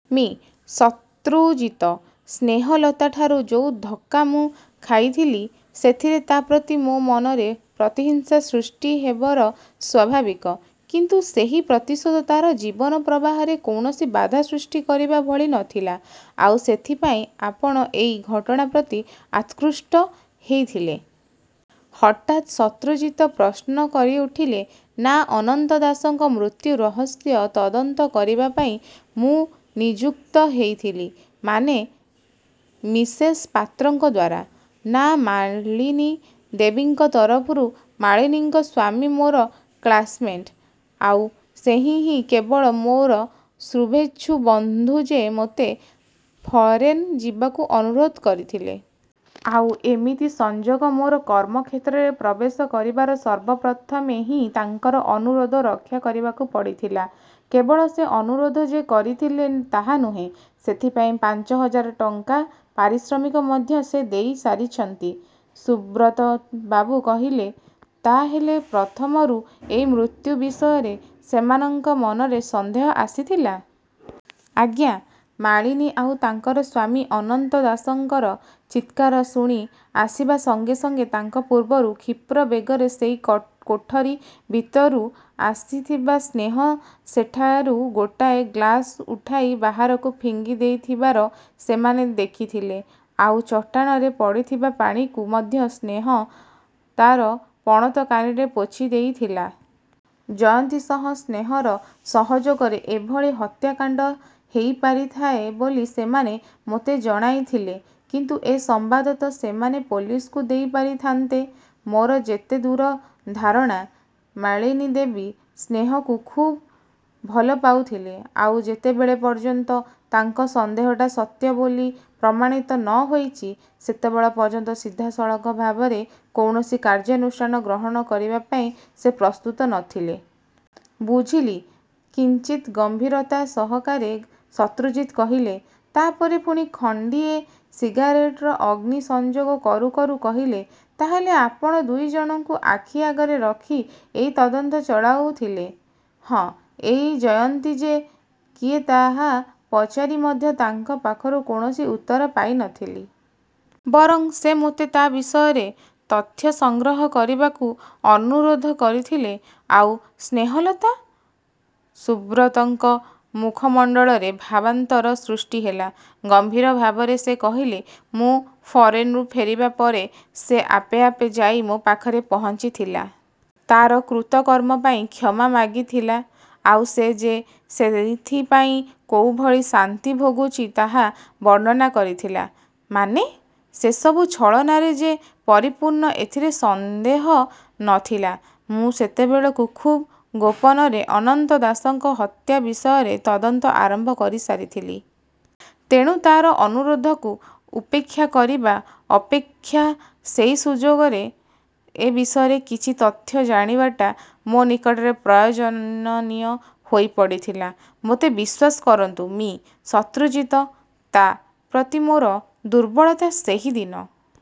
'ମି: ଶତ୍ରୁଜିତ! ସ୍ନେହଲତାଠାରୁ ଯୋଉ ଧକ୍କା ମୁଁ ଖାଇଥିଲି, ସେଥିରେ ତା ପ୍ରତି ମୋ ମନରେ ପ୍ରତିହିଂସା ସୃଷ୍ଟି ହେବର ସ୍ୱାଭାବିକ। କିନ୍ତୁ ସେହି ପ୍ରତିଶୋଧ ତା'ର ଜୀବନ ପ୍ରବାହରେ କୌଣସି ବାଧା ସୃଷ୍ଟି କରିବା ଭଳି ନ ଥିଲା। ' 'ଆଉ ସେଇଥିପାଇଁ ଆପଣ ଏଇ ଘଟଣା ପ୍ରତି ଆକୃଷ୍ଟ ହେଇଥିଲେ? ' ହଠାତ୍ ଶତ୍ରୁଜିତ ପ୍ରଶ୍ନ କରିଉଠିଲେ। 'ନା, ଅନନ୍ତ ଦାସଙ୍କ ମୃତ୍ୟୁ ରହସ୍ୟ ତଦନ୍ତ କରିବାପାଇଁ ମୁଁ ନିଯୁକ୍ତ ହେଇଥିଲି। ' 'ମାନେ ମିସେସ ପାତ୍ରଙ୍କ ଦ୍ୱାରା? ' 'ନା, ମାଳିନୀ ଦେବୀଙ୍କ ତରଫରୁ। ମାଳିନୀଙ୍କର ସ୍ୱାମୀ ମୋର କ୍ଳାସ୍ମେଟ୍। ଆଉ ସେହିହିଁ କେବଳ ମୋର ଶ୍ରୁଭେଚ୍ଛୁ ବନ୍ଧୁ ଯେ ମୋତେ ଫରେନ୍ ଯିବାକୁ ଅନୁରୋଧ କରିଥିଲେ। ଆଉ ଏମିତି ସଂଯୋଗ ମୋର କର୍ମକ୍ଷେତ୍ରରେ ପ୍ରବଶେ କରିବାର ସର୍ବପ୍ରଥମେ ହିଁ ତାଙ୍କର ଅନୁରୋଧ ରକ୍ଷା କରିବାକୁ ପଡ଼ିଥିଲା। କେବଳ ସେ ଅନୁରୋଧ ଯେ କରିଥିଲେ ତାହା ନୁହେଁ, ସେଥିପାଇଁ ପାଞ୍ଚହଜାର ଟଙ୍କା ପାରିଶ୍ରମିକ ମଧ୍ୟ ସେ ଦେଇସାରିଛନ୍ତି। ' ସୁବ୍ରତବାବୁ କହିଲେ। 'ତା' ହେଲେ ପ୍ରଥମରୁ ଏଇ ମୃତ୍ୟୁ ବିଷୟରେ ସେମାନଙ୍କ ମନରେ ସନ୍ଦେହ ଆସିଥିଲା-? ' 'ଆଜ୍ଞା! ମାଳିନୀ ଆଉ ତାଙ୍କର ସ୍ୱାମୀ ଅନନ୍ତ ଦାସଙ୍କର ଚିତ୍କାର ଶୁଣି ଆସିବା ସଙ୍ଗେ ସଙ୍ଗେ ତାଙ୍କ ପୂର୍ବରୁ କ୍ଷିପ୍ର ବେଗରେ ସେଇ କୋଠରି ଭିତରକୁ ଆସିଥିବା ସ୍ନେହ ସେଠାରୁ ଗୋଟାଏ ଗ୍ଳାସ ଉଠାଇ ବାହାରକୁ ଫିଙ୍ଗିଦେଇଥିବାର ସେମାନେ ଦେଖିଥିଲେ। ଆଉ ଚଟାଣରେ ପଡ଼ିଥିବା ପାଣିକୁ ମଧ୍ୟ ସ୍ନେହ ତା'ର ପଣତକାନିରେ ପୋଛିଦେଇଥିଲା। ଜୟନ୍ତୀ ସହ ସ୍ନେହର ସହଯୋଗରେ ଏଭଳି ହତ୍ୟାକାଣ୍ଡ ହେଇପାରିଥାଏ ବୋଲି ସେମାନେ ମୋତେ ଜଣାଇଥିଲେ। ' 'କିନ୍ତୁ ଏ ସମ୍ବାଦ ତ ସେମାନେ ପୋଲିସକୁ ଦେଇପାରିଥାଆନ୍ତେ? ' 'ମୋର ଯେତେଦୂର ଧାରଣା, ମାଳିନୀ ଦେବୀ ସ୍ନେହକୁ ଖୁବ୍ ଭଲ ପାଉଥିଲେ। ଆଉ ଯେତେବେଳ ପର୍ଯ୍ୟନ୍ତ ତାଙ୍କ ସନ୍ଦେହଟା ସତ୍ୟ ବୋଲି ପ୍ରମାଣିତ ନ ହୋଇଛି, ସେତେବେଳ ପର୍ଯ୍ୟନ୍ତ ସିଧାସଳଖ ଭାବରେ କୌଣସି କାର୍ଯ୍ୟାନୁଷ୍ଠାନ ଗ୍ରହଣ କରିବାପାଇଁ ସେ ପ୍ରସ୍ତୁତ ନ ଥିଲେ-। ' 'ବୁଝିଲି। ' କିଞ୍ଚିତ୍ ଗମ୍ଭୀରତା ସହକାରେ ଶତ୍ରୁଜିତ କହିଲେ। ତା'ପରେ ପୁରି ଖଣ୍ଡିଏ ସିଗାରେଟରେ ଅଗ୍ନି ସଂଯୋଗ କରୁ କରୁ କହିଲେ, 'ତା'ହେଲେ ଆପଣ ଦୁଇଜଣଙ୍କୁ ଆଖି ଆଗରେ ରଖି ଏଇ ତଦନ୍ତ ଚଳାଉଥିଲେ? ' 'ହଁ, ଏଇ ଜୟନ୍ତୀ ଯେ କିଏ ତାହା ପଚାରି ମଧ୍ୟ ତାଙ୍କ ପାଖରୁ କୌଣସି ଉତ୍ତର ପାଇ ନ ଥିଲି। ବରଂ ସେ ମୋତେ ତା ବିଷୟରେ ତଥ୍ୟ ସଂଗ୍ରହ କରିବାକୁ ଅନୁରୋଧ କରିଥିଲେ। ' 'ଆଉ ସ୍ନେହଲତା? ' ସୁବ୍ରତଙ୍କ ମୁଖମଣ୍ଡଳରେ ଭାବାନ୍ତର ସୃଷ୍ଟି ହେଲା। ଗମ୍ଭୀର ଭାବରେ ସେ କହିଲେ,'ମୁଁ ଫରେନରୁ ଫେରିବା ପରେ ସେ ଆପେ ଆପେ ଯାଇ ମୋ ପାଖରେ ପହଞ୍ଚିଥିଲା। ତା'ର କୃତକର୍ମ ପାଇଁ କ୍ଷମା ମାଗିଥିଲା। ଆଉ ସେ ଯେ ସେଇଥିପାଇଁ କୋଉ ଭଳି ଶାସ୍ତି ଭୋଗୁଛି ତାହା ବର୍ଣ୍ଣନା କରିଥିଲା। ' 'ମାନେ? ' 'ସେସବୁ ଛଳନାରେ ଯେ ପରିପୂର୍ଣ୍ଣ ଏଥିରେ ସନ୍ଦେହ ନ ଥିଲା। ମୁଁ ସେତେବେଳକୁ ଖୁବ୍ ଗୋପନରେ ଅନନ୍ତ ଦାସଙ୍କ ହତ୍ୟା ବିଷୟରେ ତଦନ୍ତ ଆରମ୍ଭ କରିସାରିଥିଲି। ତେଣୁ ତାର ଅନୁରୋଧକୁ ଉପେକ୍ଷା କରିବା ଅପେକ୍ଷା ସେଇ ସୁଯୋଗରେ ଏ ବିଷୟରେ କିଛି ତଥ୍ୟ ଜାଣିବାଟା ମୋ ନିକଟରେ ପ୍ରୟୋଜନୀୟ ହୋଇପଡ଼ିଥିଲା। ମୋତେ ବିଶ୍ୱାସ କରନ୍ତୁ ମି: ଶତ୍ରୁଜିତ, ତା' ପ୍ରତି ମୋର ଦୁର୍ବଳତା ସେହି ଦିନ